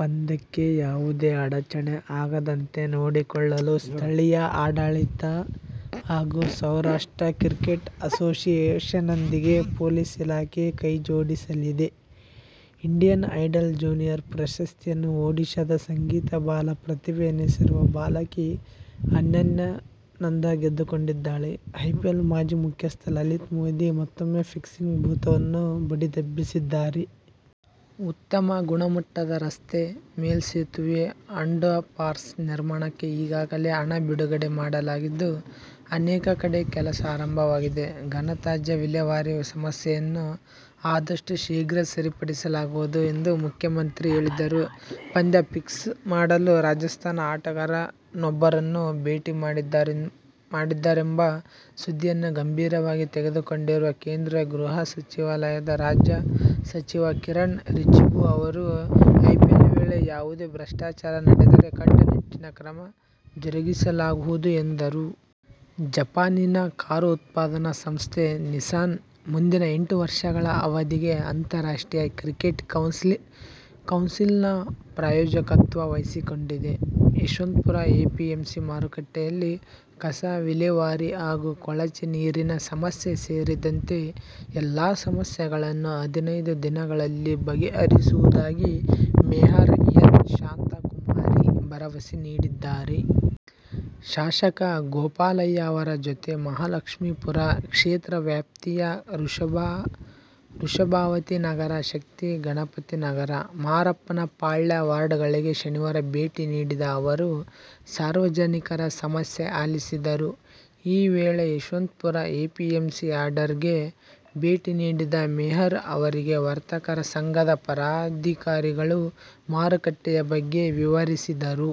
ಪಂದ್ಯಕ್ಕೆ ಯಾವುದೇ ಅಡಚಣೆ ಆಗದಂತೆ ನೋಡಿಕೊಳ್ಳಲು ಸ್ಥಳೀಯ ಆಡಳಿತ ಹಾಗೂ ಸೌರಾಷ್ಟ್ರ ಕ್ರಿಕೆಟ್ ಅಸೋಸಿಯೇಶನ್ನೊಂದಿಗೆ ಪೊಲೀಸ್ ಇಲಾಖೆ ಕೈಜೋಡಿಸಲಿದೆ. ಇಂಡಿಯನ್ ಐಡಲ್ ಜೂನಿಯರ್ ಪ್ರಶಸ್ತಿಯನ್ನು ಒಡಿಶಾದ ಸಂಗೀತ ಬಾಲ ಪ್ರತಿಭೆ ಎನಿಸಿರುವ ಬಾಲಕಿ ಅನನ್ಯಾ ನಂದಾ ಗೆದ್ದುಕೊಂಡಿದ್ದಾಳೆ. ಐಪಿಎಲ್ ಮಾಜಿ ಮುಖ್ಯಸ್ಥ ಲಲಿತ್ ಮೋದಿ ಮತ್ತೂಮ್ಮೆ ಫಿಕ್ಸಿಂಗ್ ಭೂತವನ್ನು ಬಡಿದೆಬ್ಬಿಸಿದ್ದಾರೆ. ಉತ್ತಮ ಗುಣಮಟ್ಟದ ರಸ್ತೆ, ಮೇಲ್ಸೆತುವೆ, ಅಂಡರ್ಪಾಸ್ ನಿರ್ಮಾಣಕ್ಕೆ ಈಗಾಗಲೇ ಹಣ ಬಿಡುಗಡೆ ಮಾಡಲಾಗಿದ್ದು, ಅನೇಕ ಕಡೆ ಕೆಲಸ ಆರಂಭವಾಗಿದೆ. ಘನತ್ಯಾಜ್ಯ ವಿಲೇವಾರಿ ಸಮಸ್ಯೆಯನ್ನು ಆದಷ್ಟು ಶೀಘ್ರ ಸರಿಪಡಿಸಲಾಗುವುದು ಎಂದು ಮುಖ್ಯಮಂತ್ರಿ ಹೇಳಿದರು. ಪಂದ್ಯ ಫಿಕ್ಸ್ ಮಾಡಲು ರಾಜಸ್ಥಾನ ಆಟಗಾರನೊಬ್ಬರನ್ನು ಭೇಟಿ ಮಾಡಿದ್ದಾರೆಂಬ ಸುದ್ದಿಯನ್ನು ಗಂಭೀರವಾಗಿ ತೆಗೆದುಕೊಂಡಿರುವ ಕೇಂದ್ರ ಗೃಹ ಸಚಿವಾಲಯದ ರಾಜ್ಯ ಸಚಿವ ಕಿರಣ್ ರಿಜಿಜು ಅವರು ಐಪಿಎಲ್ ವೇಳೆ ಯಾವುದೇ ಭ್ರಷ್ಟಾಚಾರ ನಡೆದರೆ ಕಟ್ಟುನಿಟ್ಟಿನ ಕ್ರಮ ಜರಗಿಸಲಾಗುವುದು ಎಂದರು. ಜಪಾನಿನ ಕಾರು ಉತ್ಪಾದನಾ ಸಂಸ್ಥೆ ನಿಸಾನ್ ಮುಂದಿನ ಎಂಟು ವರ್ಷಗಳ ಅವಧಿಗೆ ಅಂತಾರಾಷ್ಟ್ರೀಯ ಕ್ರಿಕೆಟ್ ಕೌನ್ಸಿಲ್ ನ ಪ್ರಾಯೋಜಕತ್ವ ವಹಿಸಿಕೊಂಡಿದೆ. ಯಶವಂತಪುರ ಎಪಿಎಂಸಿ ಮಾರುಕಟ್ಟೆಯಲ್ಲಿ ಕಸ ವಿಲೇವಾರಿ ಹಾಗೂ ಕೊಳಚೆ ನೀರಿನ ಸಮಸ್ಯೆ ಸೇರಿದಂತೆ ಎಲ್ಲಾ ಸಮಸ್ಯೆಗಳನ್ನೂ ಹದಿನೈದು ದಿನಗಳಲ್ಲಿ ಬಗೆಹರಿಸುವುದಾಗಿ ಮೇಯರ್ ಎನ್. ಶಾಂತಕುಮಾರಿ ಭರವಸೆ ನೀಡಿದ್ದಾರೆ. ಶಾಸಕ ಗೋಪಾಲಯ್ಯ ಅವರ ಜತೆ ಮಹಾಲಕ್ಷ್ಮೀಪುರ ಕ್ಷೇತ್ರ ವ್ಯಾಪ್ತಿಯ ವೃಷಭಾವತಿನಗರ, ಶಕ್ತಿ ಗಣಪತಿನಗರ, ಮಾರಪ್ಪನ ಪಾಳ್ಯ ವಾರ್ಡ್ಗಳಿಗೆ ಶನಿವಾರ ಭೇಟಿ ನೀಡಿದ ಅವರು ಸಾರ್ವಜನಿಕರ ಸಮಸ್ಯೆ ಆಲಿಸಿದರು. ಈ ವೇಳೆ ಯಶವಂತಪುರ ಎಪಿಎಂಸಿ ಯಾರ್ಡ್ಗೆ ಭೇಟಿ ನೀಡಿದ ಮೇಯರ್ ಅವರಿಗೆ ವರ್ತಕರ ಸಂಘದ ಪದಾಧಿಕಾರಿಗಳು ಮಾರುಕಟ್ಟೆಯ ಬಗ್ಗೆ ವಿವರಿಸಿದರು.